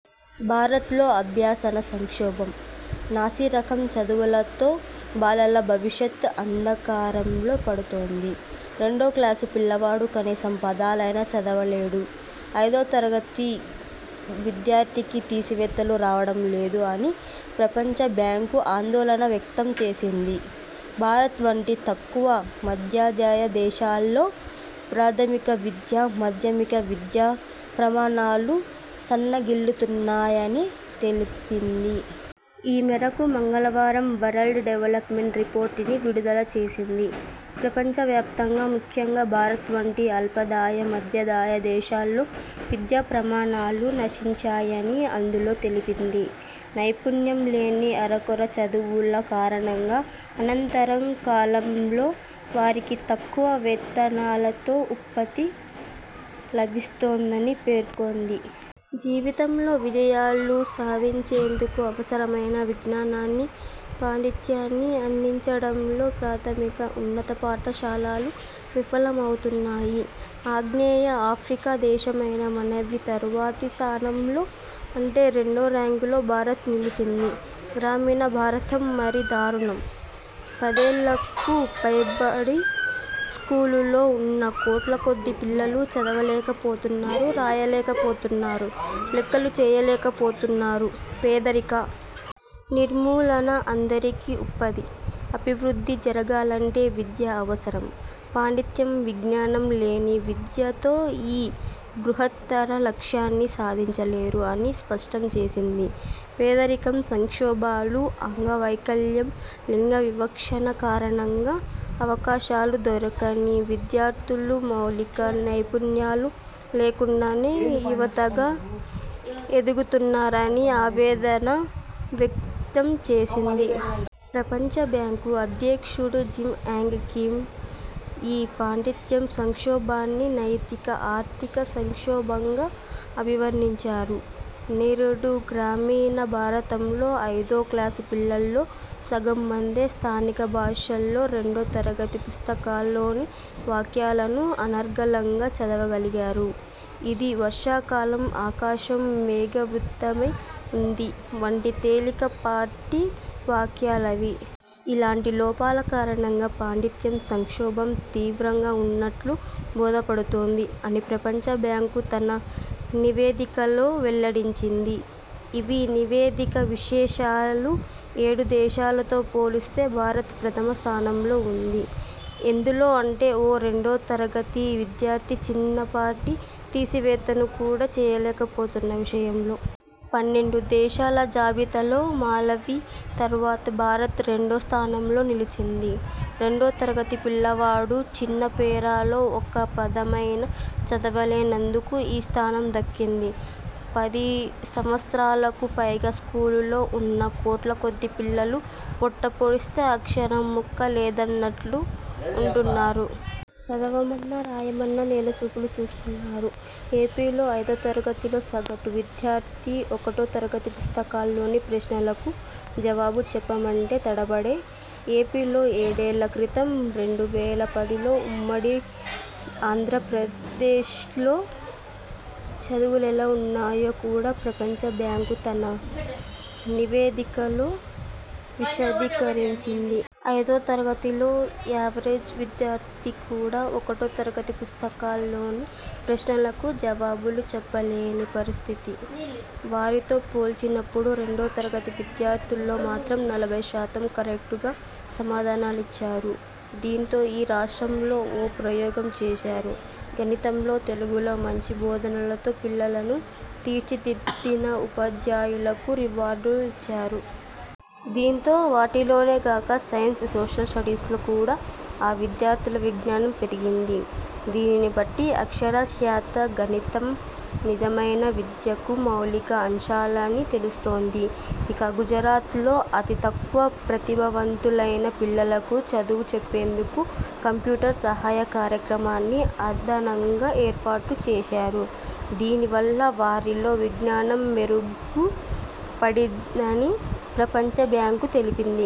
భారత్లో అభ్యసన సంక్షోభం! నాసిరకం చదువులతో బాలల భవిష్యత్ అంధకారంలో పడుతోంది. రెండో క్లాసు పిల్లవాడు కనీసం పదాలైనా చదవలేడు. ఐదో తరగతి విద్యార్థికి తీసివేతలు రావడం లేదు అని ప్రపంచబ్యాంకు ఆందోళన వ్యక్తం చేసింది. భారత్ వంటి తక్కువ, మధ్యాదాయ దేశాల్లో ప్రాథమిక విద్య, మాధ్యమిక విద్య ప్రమాణాలు సన్నగిల్లుతున్నాయని తెలిపింది. ఈ మేరకు మంగళవారం వరల్డ్ డెవల్పమెంట్ రిపోర్ట్ ని విడుదల చేసింది. ప్రపంచవ్యాప్తంగా ముఖ్యంగా భారత్ వంటి అల్పాదాయ, మధ్యాదాయ దేశాల్లో విద్యా ప్రమాణాలు నశించాయని అందులో తెలిపింది. నైపుణ్యం లేని అరకొర చదువుల కారణంగా అనంతర కాలంలో వారికి తక్కువ వేతనాలతో ఉపాధి లభిస్తోందని పేర్కొంది. జీవితంలో విజయాలు సాధించేందుకు అవసరమైన విజ్ఞానాన్ని, పాండిత్యాన్ని అందించడంలో ప్రాథమిక, ఉన్నత పాఠశాలలు విఫలమవుతున్నాయి. ఆగ్నేయ ఆఫ్రికా దేశమైన మలావి తర్వాతి స్థానంలో అంటే రెండో ర్యాంకులో భారత్ నిలిచింది. గ్రామీణ భారతం మరీ దారుణం. పదేళ్లకు పైబడి స్కూలులో ఉన్నా కోట్ల కొద్దీ పిల్లలు చదవలేకపోతున్నారు రాయలేకపోతున్నారు లెక్కలూ చేయలేకపోతున్నారు. పేదరిక నిర్మూలన, అందరికీ ఉపాధి, అభివృద్ధి జరగాలంటే విద్య అవసరం. పాండిత్యం, విజ్ఞానం లేని విద్యతో ఈ బృహత్తర లక్ష్యాన్ని సాధించలేరు అని స్పష్టం చేసింది. పేదరికం, సంక్షోభాలు, అంగవైకల్యం, లింగవివక్ష కారణంగా అవకాశాలు దొరకని విద్యార్థులు మౌలిక నైపుణ్యాలు లేకుండానే యువతగా ఎదుగుతున్నారని ఆవేదన వ్యక్తంచేసింది. ప్రపంచబ్యాంకు అధ్యక్షుడు జిమ్ యాంగ్ కిమ్ ఈ పాండిత్య సంక్షోభాన్ని నైతిక, ఆర్థిక సంక్షోభంగా అభివర్ణించారు. నిరుడు గ్రామీణ భారతంలో ఐదో క్లాసు పిల్లల్లో సగం మందే స్థానిక భాషలో రెండో తరగతి పుస్తకంలోని వాక్యాలను అనర్గళంగా చదవగలిగారు. ఇది వర్షాకాలం ఆకాశం మేఘావృతమై ఉంది వంటి తేలిక పాటి వాక్యాలవి. ఇలాంటి లోపాల కారణంగా పాండిత్య సంక్షోభం తీవ్రంగా ఉన్నట్లు బోధపడుతోంది అని ప్రపంచ బ్యాంకు తన నివేదికలో వెల్లడించింది. ఇవీ నివేదిక విశేషాలు ఏడు దేశాలతో పోలిస్తే భారత్ ప్రథమ స్థానంలో ఉంది. ఎందులో అంటే ఓ రెండో తరగతి విద్యార్థి చిన్న పాటి తీసివేతను కూడా చేయలేకపోతున్న విషయంలో! పన్నెండు దేశాల జాబితాలో మలావి తర్వాత భారత్ రెండో స్థానంలో నిలిచింది. రెండో తరగతి పిల్లవాడు చిన్న పేరాలో ఒక్క పదమైనా చదవలేనందుకు ఈ స్థానం దక్కింది. పది సంవత్సరాలకు పైగా స్కూలులో ఉన్నా కోట్ల కొద్దీ పిల్లలు పొట్ట పొడిస్తే అక్షరం ముక్క లేదన్నట్లు ఉంటున్నారు. చదవమన్నా రాయమన్నా నేల చూపులు చూస్తున్నారు. ఏపీలో ఐదో తరగతిలో సగటు విద్యార్థి ఒకటో తరగతి పుస్తకాల్లోని ప్రశ్నలకు జవాబు చెప్పమంటే తడబాటే. ఏపీలో ఏడేళ్ల క్రితం రెండు వేల పదిలో ఉమ్మడి ఆంధ్రప్రదేశ్లో చదువులెలా ఉన్నాయో కూడా ప్రపంచ బ్యాంకు తన నివేదికలో విశదీకరించింది. ఐదో తరగతిలో యావరేజ్ విద్యార్థి కూడా ఒకటో తరగతి పుస్తకాల్లోని ప్రశ్నలకు జవాబులు చెప్పలేని పరిస్థితి. వారితో పోల్చినప్పుడు రెండో తరగతి విద్యార్థుల్లో మాత్రం నలభై శాతం కరెక్టుగా సమాధానాలిచ్చారు. దీంతో ఈ రాష్ట్రంలో ఓ ప్రయోగం చేశా రు. గణితంలో, తెలుగులో మంచి బోధనతో పిల్లలను తీర్చిదిద్దిన ఉపాధ్యాయులకు రివార్డు లిచ్చారు. దీంతో వాటిలోనే గాక సైన్స్, సోషల్ స్టడీస్ లో కూడా ఆ విద్యార్థుల విజ్ఞానం పెరిగిం ది. దీనిని బట్టి అక్షరాస్యత, గణితం నిజమైన విద్యకు మౌలిక అంశాలని తెలుస్తోంది. ఇక, గుజరాత్లో అతి తక్కువ ప్రతిభావంతులైన పిల్లలకు చదువు చెప్పేందుకు కంప్యూటర్ సహాయ కార్యక్రమాన్ని అదనంగా ఏర్పాటు చేశారు. దీనివల్ల వారి లో విజ్ఞానం మెరుగు పడిందని ప్రపంచ బ్యాంకు తెలిపింది.